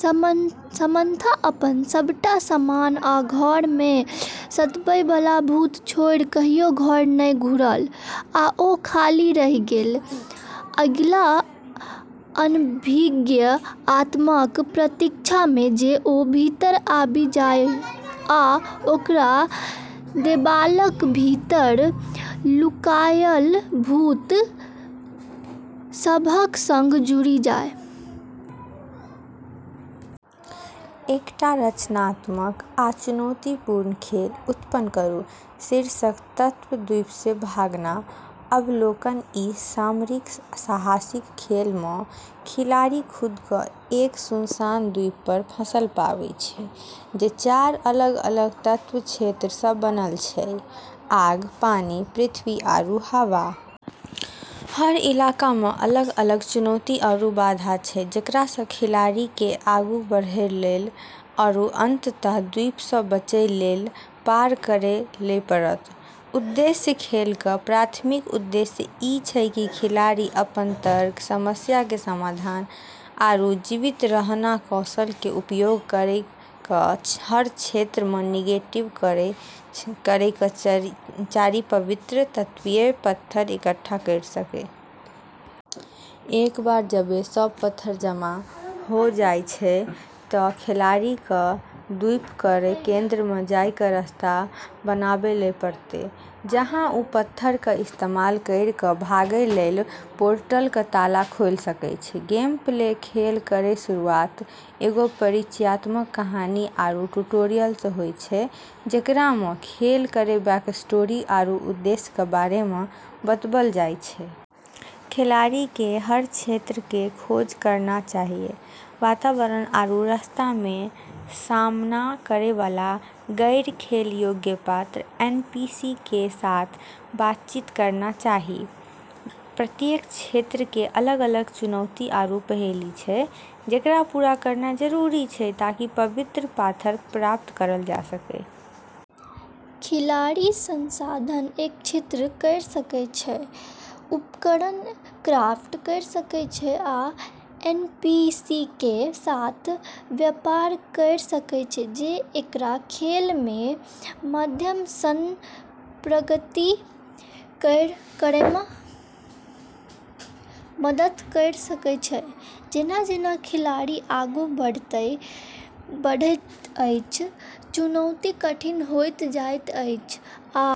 Samantha अपन सभटा सामान आ घर मे सताबय बला भूत छोड़ि कहियो घर नहि घुरल। आ ओ खाली रहि गेल, अगिला अनभिज्ञ आत्माक प्रतीक्षा मे जे ओ भीतर आबि जाय आ ओकर देबालक भीतर लुकायल भूत सभक संग जुड़ि जाय। एकटा रचनात्मक आ चुनौतीपूर्ण खेल उत्पन्न करू। शीर्षक तत्व द्वीप से भागना अवलोकन ई सामरिक साहसिक खेल मे खिलाड़ी खुद के एक सुनसान द्वीप पे फंसलऽ पाबै छै जे चार अलग-अलग तत्व क्षेत्रऽ स॑ बनलऽ छै, आग, पानी, पृथ्वी, आरू हवा। हर इलाका मे अलग-अलग चुनौती आरू बाधा छै जेकरा से खिलाड़ी के आगू बढ़ै लेली आरू अंततः द्वीप से बचै लेली पार करै ले पड़तै। उद्देश्य खेल केरऽ प्राथमिक उद्देश्य ई छै कि खिलाड़ी अपनऽ तर्क, समस्या के समाधान आरू जीवित रहना कौशल के उपयोग करी के हर क्षेत्र मे नेविगेट करी के चारि पवित्र तत्वीय पत्थर इकट्ठा करी सके। एक बार जबे सब पत्थर जमा होय जाय छै ते खिलाड़ी के द्वीप केरऽ केंद्र मे जाय के रास्ता बनाबै ले पड़तै, जहां उ पत्थरऽ के इस्तेमाल करी के भागै लेली पोर्टल के ताला खोले सकै छै, गेमप्ले खेल केरऽ शुरुआत एगो परिचयात्मक कहानी आरू ट्यूटोरियल से होय छै जेकरा मे खेल केरऽ बैकस्टोरी आरू उद्देश्य के बारे मे बतैलऽ जाय छै। खिलाड़ी के हर क्षेत्र केरऽ खोज करना चाहियऽ, वातावरण आरू रास्ता मे सामना करै वाला गैर-खेल योग्य पात्र (एनपीसी) के साथ बातचीत करना चाहि। प्रत्येक क्षेत्र के अलग-अलग चुनौती आरू पहेली छै जेकरा पूरा करना जरूरी छै ताकि पवित्र पाथर प्राप्त करलऽ जाय सके। खिलाड़ी संसाधन एकत्रित कयर सकय छै, उपकरण क्राफ्ट कयर सकय छै आ एनपीसी कें साथ व्यापार कयर सकय छै जे ओकरा खेल कें माध्यम सं प्रगति करय मे मदद करय सकय छै जेना-जेना खिलाड़ी आगू बढ़ैत छथि, चुनौती कठिन होइत जाइत अछि आ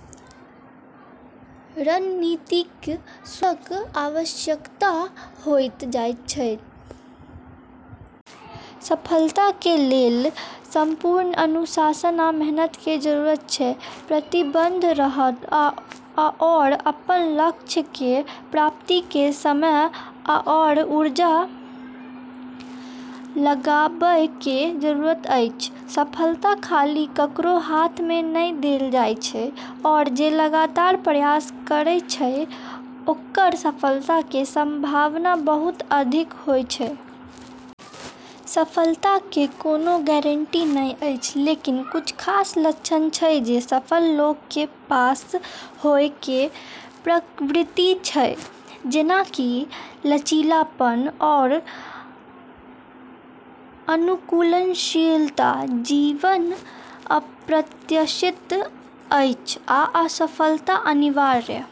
रणनीतिक सोचक आवश्यकता होइत जाइत अछि। सफलता के लेल समर्पण, अनुशासन आ मेहनत के जरूरत छै। प्रतिबद्ध रहब आओर अपन लक्ष्य के प्राप्ति मे समय आओर ऊर्जा लगाबय के जरूरत अछि, सफलता खाली ककरो हाथ में नै देलऽ जाय छै आरू जे लगातार प्रयास करै छै ओकरऽ सफलता के संभावना बहुत अधिक होय छै। सफलता के कोनो गारंटी नै छै लेकिन कुछ खास लक्षण छै जे सफल लोगऽ के पास होय के प्रवृत्ति छै जेना कि लचीलापन आरू अनुकूलनशीलता, जीवन अप्रत्याशित अछि आ असफलता अनिवार्य।